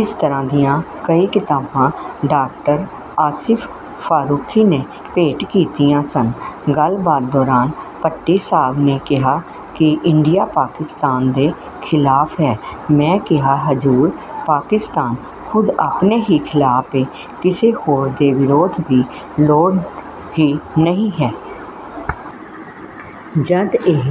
ਇਸ ਤਰ੍ਹਾਂ ਦੀਆਂ ਕਈ ਕਿਤਾਬਾਂ ਡਾਕਟਰ ਆਸਿਫ ਫ਼ਾਰੂਖੀ ਨੇ ਭੇਂਟ ਕੀਤੀਆਂ ਸਨ। ਗੱਲਬਾਤ ਦੌਰਾਨ ਭੱਟੀ ਸਾਹਬ ਨੇ ਕਿਹਾ ਕਿ ਇੰਡੀਆ ਪਾਕਿਸਤਾਨ ਦੇ ਖ਼ਿਲਾਫ਼ ਹੈ। ਮੈਂ ਕਿਹਾ, "ਹਜ਼ੂਰ, ਪਾਕਿਸਤਾਨ ਖ਼ੁਦ ਆਪਣੇ ਹੀ ਖ਼ਿਲਾਫ਼ ਏ, ਕਿਸੇ ਹੋਰ ਦੇ ਵਿਰੋਧ ਦੀ ਲੋੜ ਹੀ ਨਹੀਂ ਹੈ।" ਜਦ ਇਹ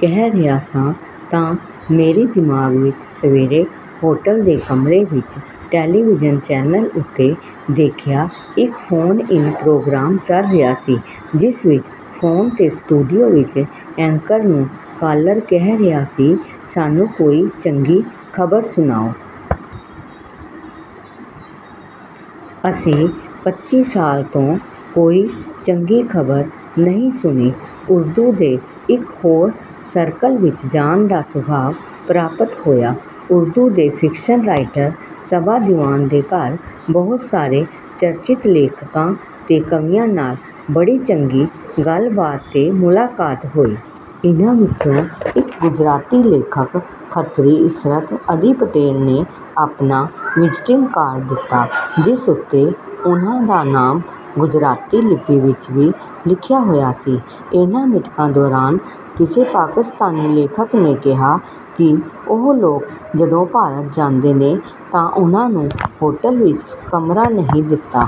ਕਹਿ ਰਿਹਾ ਸਾਂ ਤਾਂ ਮੇਰੇ ਦਿਮਾਗ਼ ਵਿਚ ਸਵੇਰੇ ਹੋਟਲ ਦੇ ਕਮਰੇ ਵਿਚ ਟੈਲੀਵੀਜ਼ਨ ਚੈਨਲ ਉੱਤੇ ਦੇਖਿਆ ਇਕ ਫ਼ੋਨ-ਇਨ ਪ੍ਰੋਗਰਾਮ ਚੱਲ ਰਿਹਾ ਸੀ, ਜਿਸ ਵਿਚ ਫ਼ੋਨ 'ਤੇ ਸਟੂਡੀਓ ਵਿਚ 'ਐਂਕਰ' ਨੂੰ 'ਕਾਲਰ' ਕਹਿ ਰਿਹਾ ਸੀ, "ਸਾਨੂੰ ਕੋਈ ਚੰਗੀ ਖ਼ਬਰ ਸੁਣਾਓ... ਅਸੀਂ ਪੱਚੀ ਸਾਲ ਤੋਂ ਕੋਈ ਚੰਗੀ ਖ਼ਬਰ ਨਹੀਂ ਸੁਣੀ।" ਉਰਦੂ ਦੇ ਇਕ ਹੋਰ ਸਰਕਲ ਵਿਚ ਜਾਣ ਦਾ ਸੁਭਾਗ ਪ੍ਰਾਪਤ ਹੋਇਆ। ਉਰਦੂ ਦੇ ਫਿਕਸ਼ਨ ਰਾਈਟਰ ਸਬਾ ਦੀਵਾਨ ਦੇ ਘਰ ਬਹੁਤ ਸਾਰੇ ਚਰਚਿਤ ਲੇਖਕਾਂ ਤੇ ਕਵੀਆਂ ਨਾਲ ਬੜੀ ਚੰਗੀ ਗੱਲਬਾਤ ਤੇ ਮੁਲਾਕਾਤ ਹੋਈ। ਇਹਨਾਂ ਵਿਚੋਂ ਇਕ ਗੁਜਰਾਤੀ ਲੇਖਕ, ਖੱਤਰੀ ਇਸਮਤ ਅਜੀ ਪਟੇਲ, ਨੇ ਆਪਣਾ ਵਿਜ਼ਿਟਿੰਗ ਕਾਰਡ ਦਿੱਤਾ, ਜਿਸ ਉੱਤੇ ਉਹਨਾਂ ਦਾ ਨਾਂ ਗੁਜਰਾਤੀ ਲਿੱਪੀ ਵਿਚ ਵੀ ਲਿਖਿਆ ਹੋਇਆ ਸੀ। ਇਹਨਾਂ ਮੀਟਿੰਗਾਂ ਦੌਰਾਨ ਕਿਸੇ ਪਾਕਿਸਤਾਨੀ ਲੇਖਕ ਨੇ ਕਿਹਾ ਕਿ ਉਹ ਲੋਕ ਜਦੋਂ ਭਾਰਤ ਜਾਂਦੇ ਨੇ ਤਾਂ ਉਹਨਾਂ ਨੂੰ ਹੋਟਲ ਵਿਚ ਕਮਰਾ ਨਹੀਂ ਦਿੱਤਾ।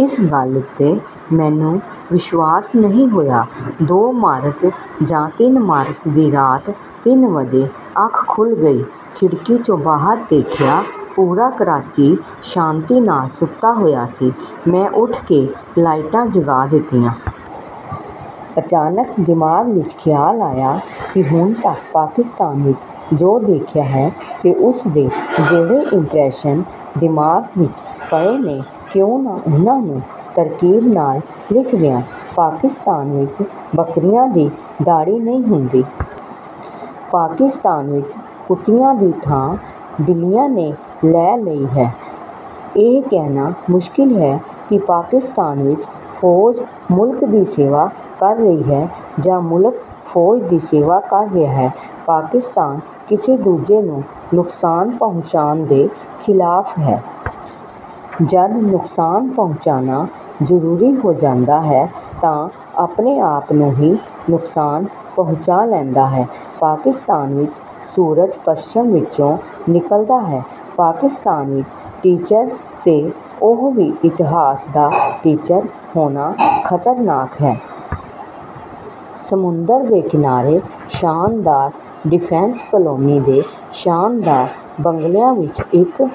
ਇਸ ਗੱਲ ਉੱਤੇ ਮੈਨੂੰ ਵਿਸ਼ਵਾਸ ਨਹੀਂ ਹੋਇਆ। ਦੋ ਮਾਰਚ, ਜਾਂ ਤਿੰਨ ਮਾਰਚ, ਦੀ ਰਾਤ ਤਿੰਨ ਵਜੇ ਅੱਖ ਖੁੱਲ੍ਹ ਗਈ। ਖਿੜਕੀ 'ਚੋਂ ਬਾਹਰ ਦੇਖਿਆ। ਪੂਰਾ ਕਰਾਚੀ ਸ਼ਾਂਤੀ ਨਾਲ ਸੁੱਤਾ ਹੋਇਆ ਸੀ। ਮੈਂ ਉੱਠ ਕੇ ਲਾਈਟਾਂ ਜਗਾ ਦਿੱਤੀਆਂ। ਅਚਾਨਕ ਦਿਮਾਗ਼ ਵਿਚ ਖ਼ਿਆਲ ਆਇਆ ਕਿ ਹੁਣ ਤੱਕ ਪਾਕਿਸਤਾਨ ਵਿਚ ਜੋ ਦੇਖਿਆ ਹੈ ਤੇ ਉਸਦੇ ਜਿਹੜੇ 'ਇੰਪ੍ਰੈਸ਼ਨ' ਦਿਮਾਗ਼ ਵਿਚ ਪਏ ਨੇ, ਕਿਉਂ ਨਾ ਉਹਨਾਂ ਨੂੰ ਤਰਤੀਬ ਨਾਲ ਲਿਖ ਦਿਆਂ... ਪਾਕਿਸਤਾਨ ਵਿਚ ਬਕਰਿਆਂ ਦੀ ਦਾੜ੍ਹੀ ਨਹੀਂ ਹੁੰਦੀ।... ਪਾਕਿਸਤਾਨ ਵਿਚ ਕੁੱਤਿਆਂ ਦੀ ਥਾਂ ਬਿੱਲੀਆਂ ਨੇ ਲੈ ਲਈ ਹੈ।... ਇਹ ਕਹਿਣਾ ਮੁਸ਼ਕਲ ਹੈ ਕਿ ਪਾਕਿਸਤਾਨ ਵਿਚ ਫੌਜ ਮੁਲਕ ਦੀ ਸੇਵਾ ਕਰ ਰਹੀ ਹੈ ਜਾਂ ਮੁਲਕ ਫੌਜ ਦੀ ਸੇਵਾ ਕਰ ਰਿਹਾ ਹੈ।... ਪਾਕਿਸਤਾਨ ਕਿਸੇ ਦੂਜੇ ਨੂੰ ਨੁਕਸਾਨ ਪਹੁੰਚਾਉਣ ਦੇ ਖ਼ਿਲਾਫ਼ ਹੈ। ਜਦ ਨੁਕਸਾਨ ਪਹੁੰਚਾਉਣਾ ਜ਼ਰੂਰੀ ਹੋ ਜਾਂਦਾ ਹੈ ਤਾਂ ਆਪਣੇ ਆਪ ਨੂੰ ਹੀ ਨੁਕਸਾਨ ਪਹੁੰਚਾ ਲੈਂਦਾ ਹੈ।... ਪਾਕਿਸਤਾਨ ਵਿਚ ਸੂਰਜ ਪੱਛਮ ਵਿਚੋਂ ਨਿਕਲਦਾ ਹੈ।... ਪਾਕਿਸਤਾਨ ਵਿਚ ਟੀਚਰ, ਤੇ ਉਹ ਵੀ ਇਤਿਹਾਸ ਦਾ ਟੀਚਰ, ਹੋਣਾ ਖ਼ਤਰਨਾਕ ਹੈ।... ਸਮੁੰਦਰ ਦੇ ਕਿਨਾਰੇ ਸ਼ਾਨਦਾਰ ਡਿਫੈਂਸ ਕਾਲੋਨੀ ਦੇ ਸ਼ਾਨਦਾਰ ਬੰਗਲਿਆਂ ਵਿਚ ਇਕ...